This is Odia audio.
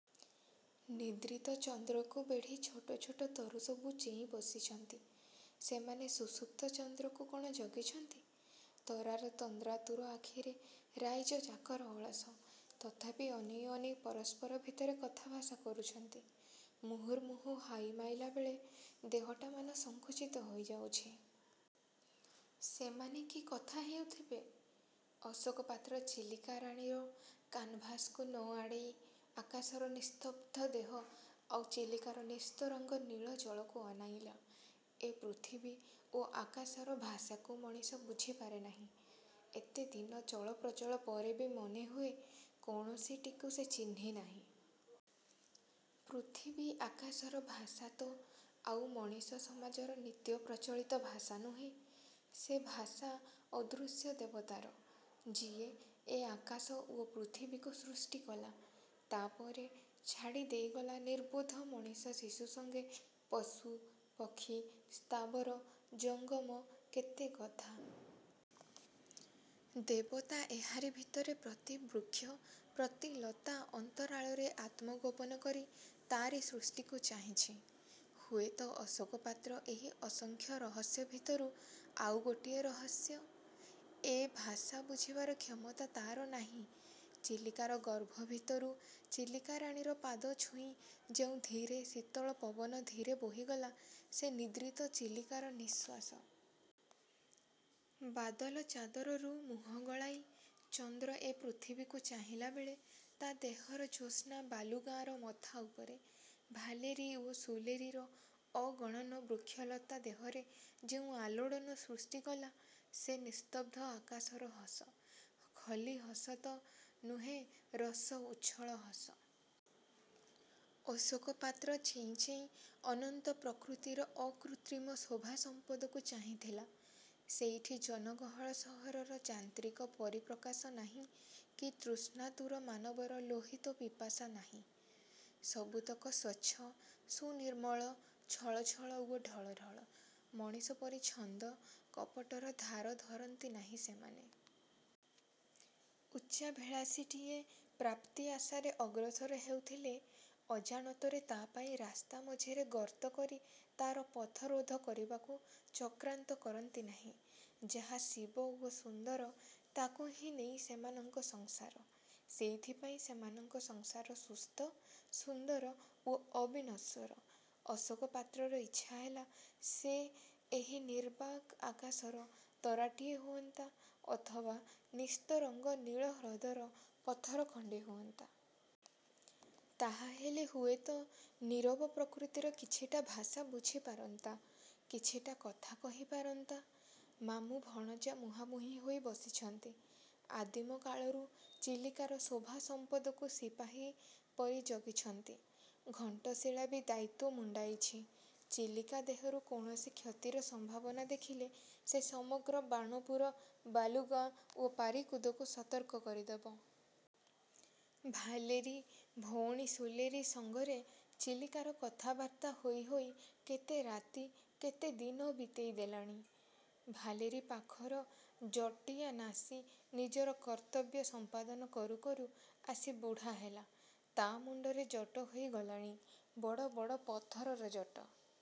ନିଦ୍ରିତ ଚନ୍ଦ୍ରକୁ ବେଢ଼ି ଛୋଟ ଛୋଟ ତରୁ ସବୁ ଚେଇଁ ବସିଛନ୍ତି। ସେମାନେ ସୁସୁପ୍ତ ଚନ୍ଦ୍ରକୁ କଣ ଜଗିଛନ୍ତି? ତରାର ତନ୍ଦ୍ରାତୁର ଆଖିରେ ରାଇଜଯାକର ଅଳସ। ତଥାପି ଅନେଇ, ଅନେଇ ପରସ୍ପର ଭିତରେ କଥାଭାଷା କରୁଛନ୍ତି। ମୁହୁର୍ମୁହୁଃ ହାଇ ମାଇଲା ବେଳେ ଦେହଟାମାନ ସଙ୍କୁଚିତ ହୋଇ ଯାଉଛି। ସେମାନେ କି କଥା ହେଉଥିବେ? ଅଶୋକ ପାତ୍ର 'ଚିଲିକା-ରାଣୀ' ର କାନ୍ଭାସ୍କୁ ନ ଆଡ଼େଇ ଆକାଶର ନିସ୍ତବ୍ଧ-ଦେହ ଆଉ ଚିଲିକାର ନିସ୍ତରଙ୍ଗ ନୀଳ ଜଳକୁ ଅନାଇଲା। ଏ ପୃଥିବୀ ଓ ଆକାଶର ଭାଷାକୁ ମଣିଷ ବୁଝିପାରେ ନାହିଁ। ଏତେଦିନ ଚଳପ୍ରଚଳ ପରେ ବି ମନେ ହୁଏ, କୌଣସିଟିକୁ ସେ ଚିହ୍ନି ନାହିଁ। ପୃଥିବୀ ଆକାଶର ଭାଷା ତ ଆଉ ମଣିଷ ସମାଜର ନିତ୍ୟପ୍ରଚଳିତ ଭାଷା ନୁହେ! ସେ ଭାଷା ଅଦୃଶ୍ୟ ଦେବତାର, ଯିଏ ଏ ଆକାଶ ଓ ପୃଥିବୀକୁ ସୃଷ୍ଟି କଲା। ତା ପରେ ଛାଡ଼ି ଦେଇଗଲା ନିର୍ବୋଧ ମଣିଷ ଶିଶୁ ସଙ୍ଗେ ପଶୁ, ପକ୍ଷୀ, ସ୍ଥାବର, ଜଙ୍ଗମ କେତେ କଥା। ଦେବତା ଏହାରି ଭିତରେ ପ୍ରତି ବୃକ୍ଷ, ପ୍ରତି ଲତା ଅନ୍ତରାଳରେ ଆତ୍ମଗୋପନ କରି ତାରି ସୃଷ୍ଟିକୁ ଚାହିଁଚି। ହୁଏତ ଅଶୋକ ପାତ୍ର ଏହି ଅସଂଖ୍ୟ ରହସ୍ୟ ଭିତରୁ ଆଉ ଗୋଟିଏ ରହସ୍ୟ! ଏ ଭାଷା ବୁଝିବାର କ୍ଷମତା ତାର ନାହିଁ। ଚିଲିକାର ଗର୍ଭ ଭିତରୁ ଚିଲିକାରାଣୀ ର ପାଦ ଛୁଇଁ ଯେଉଁ ଧୀରେ, ଶୀତଳ ପବନ ଧୀରେ ବୋହିଗଲା, ସେ ନିଦ୍ରିତ ଚିଲିକାର ନିଃଶ୍ୱାସ। ବାଦଲ-ଚାଦରରୁ ମୁହଁ ଗଳାଇ, ଚନ୍ଦ୍ର ଏ ପୃଥିବୀକୁ ଚାହିଁଲାବେଳେ ତା ଦେହର ଜ୍ୟୋସ୍ନା ବାଲୁଗାଁର ମଥା ଉପରେ, ଭାଲେରୀ ଓ ସୁଲେରୀର ଅଗଣନ ବୃକ୍ଷଲତା ଦେହରେ ଯେଉଁ ଆଲୋଡ଼ନ ସୃଷ୍ଟି କଲା, ସେ ନିସ୍ତବ୍ଧ ଆକାଶର ହସ। ଖଲି ହସ ତ ନୁହେଁ ରସ ଉଚ୍ଛଳ ହସ! ଅଶୋକ ପାତ୍ର ଚେଇଁ ଚେଇଁ ଅନନ୍ତ ପ୍ରକୃତିର ଅକୃତ୍ରିମ ଶୋଭା ସମ୍ପଦକୁ ଚାହିଁଥିଲା। ସେଇଠି ଜନଗହଳ ସହରର ଯାନ୍ତ୍ରିକ ପରିପ୍ରକାଶ ନାହିଁ କି ତୃଷ୍ଣାତୁର ମାନବର ଲୋହିତ ପିପାସା ନାହିଁ। ସବୁତକ ସ୍ୱଚ୍ଛ, ସୁନିର୍ମଳ, ଛଳ ଛଳ ଓ ଢଳ ଢଳ! ମଣିଷ ପରି ଛନ୍ଦ, କପଟର ଧାର ଧରନ୍ତି ନାହିଁ ସେମାନେ। ଉଚ୍ଚାଭିଳାଷୀଟିଏ ପ୍ରାପ୍ତି ଆଶାରେ ଅଗ୍ରସର ହେଉଥିଲେ; ଅଜାଣତରେ ତା' ପାଇଁ ରାସ୍ତା ମଝିରେ ଗର୍ତ୍ତ କରି ତାର ପଥରୋଧ କରିବାକୁ–ଚକ୍ରାନ୍ତ କରନ୍ତି ନାହିଁ। ଯାହା ଶିବ ଓ ସୁନ୍ଦର, ତାକୁହିଁ ନେଇ ସେମାନଙ୍କ ସଂସାର। ସେଇଥିପାଇଁ ସେମାନଙ୍କ ସଂସାର ସୁସ୍ଥ, ସୁନ୍ଦର ଓ ଅବିନଶ୍ୱର। ଅଶୋକ ପାତ୍ରର ଇଚ୍ଛା ହେଲା ସେ ଏହି ନିର୍ବାକ ଆକାଶର ତରାଟିଏ ହୁଏନ୍ତା, ଅଥବା ନିସ୍ତରଙ୍ଗ ନୀଳ ହ୍ରଦର ପଥର ଖଣ୍ଡେ ହୁଅନ୍ତା। ତାହାହେଲେ ହୁଏତ ନିରବ ପ୍ରକୃତିର କିଛିଟା ଭାଷା ବୁଝି ପାରନ୍ତା, କିଛିଟା କଥା କହି ପାରନ୍ତା! ମାମୁଁ-ଭଣଜା ମୁହାଁମୁହିଁ ହୋଇ ବସିଛନ୍ତି। ଆଦିମ କାଳରୁ ଚିଲିକାର ଶୋଭା ସମ୍ପଦକୁ ସିପାହୀ ପରି ଜଗିଛନ୍ତି। ଘଣ୍ଟଶୀଳା ବି ଦାୟିତ୍ୱ ମୁଣ୍ଡାଇଛି। ଚିଲିକା ଦେହରୁ କୌଣସି କ୍ଷତିର ସମ୍ଭାବନା ଦେଖିଲେ ସେ ସମଗ୍ର ବାଣପୁର, ବାଲୁଗାଁ ଓ ପାରିକୁଦକୁ ସତର୍କ କରିଦେବ। ଭାଲେରୀ, ଭଉଣୀ ସୁଲେରୀ ସଙ୍ଗରେ ଚିଲିକାର କଥାବାର୍ତ୍ତା ହୋଇ ହୋଇ କେତେ ରାତି, କେତେ ଦିନ ବିତେଇ ଦେଲାଣି। ଭାଲେରୀ, ପାଖର 'ଜଟିଆ ନାସୀ' ନିଜର କର୍ତ୍ତବ୍ୟ ସମ୍ପାଦନ କରୁ କରୁ ଆସି ବୁଢ଼ା ହେଲା। ତା' ମୁଣ୍ଡରେ ଜଟ ହୋଇ ଗଲାଣି। ବଡ଼ ବଡ଼ ପଥରର ଜଟ।